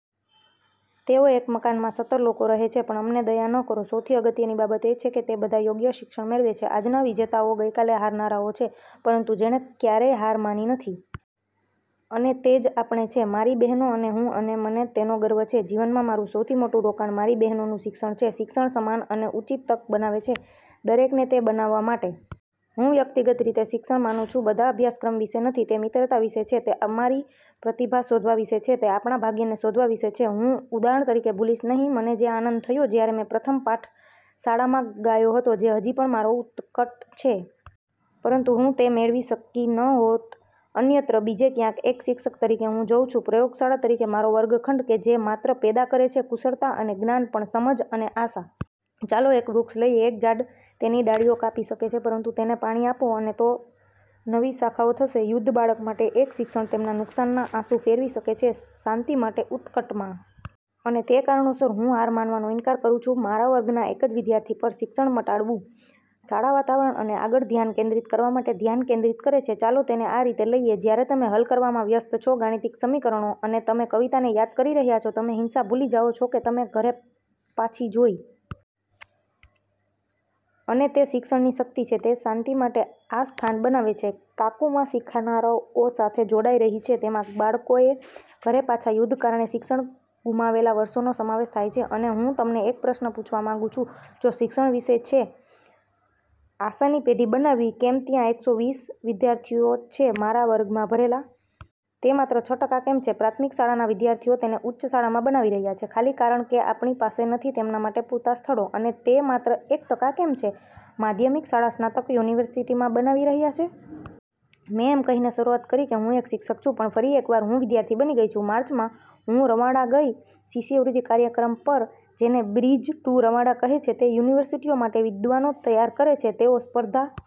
તેઓ એક મકાનમાં સતર લોકો રહે છે. પણ અમને દયા ન કરો. સૌથી અગત્યની બાબત એ છે કે તે બધા યોગ્ય શિક્ષણ મેળવે છે. આજના વિજેતાઓ ગઈકાલે હારનારાઓ છે, પરંતુ જેણે ક્યારેય હાર માની નથી. અને તે જ આપણે છે, મારી બહેનો અને હું. અને મને તેનો ગર્વ છે. જીવનમાં મારું સૌથી મોટું રોકાણ મારી બહેનોનું શિક્ષણ છે. શિક્ષણ સમાન અને ઉચિત તક બનાવે છે દરેકને તે બનાવવા માટે. હું વ્યક્તિગત રીતે શિક્ષણ માનું છું બધા અભ્યાસક્રમ વિશે નથી. તે મિત્રતા વિશે છે. તે અમારી પ્રતિભા શોધવા વિશે છે. તે આપણા ભાગ્યને શોધવા વિશે છે. હું, ઉદાહરણ તરીકે, ભૂલીશ નહીં મને જે આનંદ થયો જ્યારે મેં પ્રથમ પાઠ શાળામાં ગાયો હતો, જે હજી પણ મારો ઉત્કટ છે. પરંતુ હું તે મેળવી શકી ન હોત અન્યત્ર, બીજે ક્યાંક. એક શિક્ષક તરીકે, હું જોઉં છું પ્રયોગશાળા તરીકે મારો વર્ગખંડ કે જે માત્ર પેદા કરે છે કુશળતા અને જ્ઞાન પણ સમજ અને આશા. ચાલો એક વૃક્ષ લઈએ. એક ઝાડ તેની ડાળીઓ કાપી શકે છે, પરંતુ તેને પાણી આપો, અને તો નવી શાખાઓ થશે, યુદ્ધ બાળક માટે, એક શિક્ષણ તેમના નુકસાનના આંસુ ફેરવી શકે છે શાંતિ માટે ઉત્કટ માં. અને તે કારણોસર, હું હાર માનવાનો ઇનકાર કરું છું મારા વર્ગના એક જ વિદ્યાર્થી પર. શિક્ષણ મટાડવું. શાળા વાતાવરણ તમને આગળ ધ્યાન કેન્દ્રિત કરવા માટે ધ્યાન કેન્દ્રિત કરે છે. ચાલો તેને આ રીતે લઈએ: જ્યારે તમે હલ કરવામાં વ્યસ્ત છો ગાણિતિક સમીકરણો, અને તમે કવિતાને યાદ કરી રહ્યા છો, તમે હિંસા ભૂલી જાઓ છો કે તમે ઘરે પાછી જોઈ. અને તે શિક્ષણની શક્તિ છે. તે શાંતિ માટે આ સ્થાન બનાવે છે. કાકુમા શીખનારાઓ સાથે જોડાઈ રહી છે. તેમાં બાળકોએ ઘરે પાછા યુદ્ધ કારણે શિક્ષણ ગુમાવેલા વર્ષોનો સમાવેશ થાય છે. અને હુંતમને એક પ્રશ્ન પૂછવા માંગું છું: જો શિક્ષણ વિશે છે આશાની પેઢી બનાવવી, કેમ ત્યાં એકસો વીસ વિદ્યાર્થીઓ છે મારા વર્ગમાં ભરેલા? તે માત્ર છ ટકા કેમ છે। પ્રાથમિક શાળાના વિદ્યાર્થીઓ તેને ઉચ્ચ શાળામાં બનાવી રહ્યા છે, ખાલી કારણ કે આપણી પાસે નથી તેમના માટે પૂરતા સ્થળો? અને તે માત્ર એક ટકા કેમ છે માધ્યમિક શાળા સ્નાતકો યુનિવર્સિટીમાં બનાવી રહ્યા છે? મેં એમ કહીને શરૂઆત કરી કે હું એક શિક્ષક છું. પણ ફરી એકવાર, હું વિદ્યાર્થી બની ગઈ છું. માર્ચમાં, હું રવાંડા ગઈ શિષ્યવૃત્તિ કાર્યક્રમ પર જેને "બ્રિજ ટુ રવાંડા" કહે છે. તે યુનિવર્સિટીઓ માટે વિદ્વાનો તૈયાર કરે છે. તેઓ સ્પર્ધા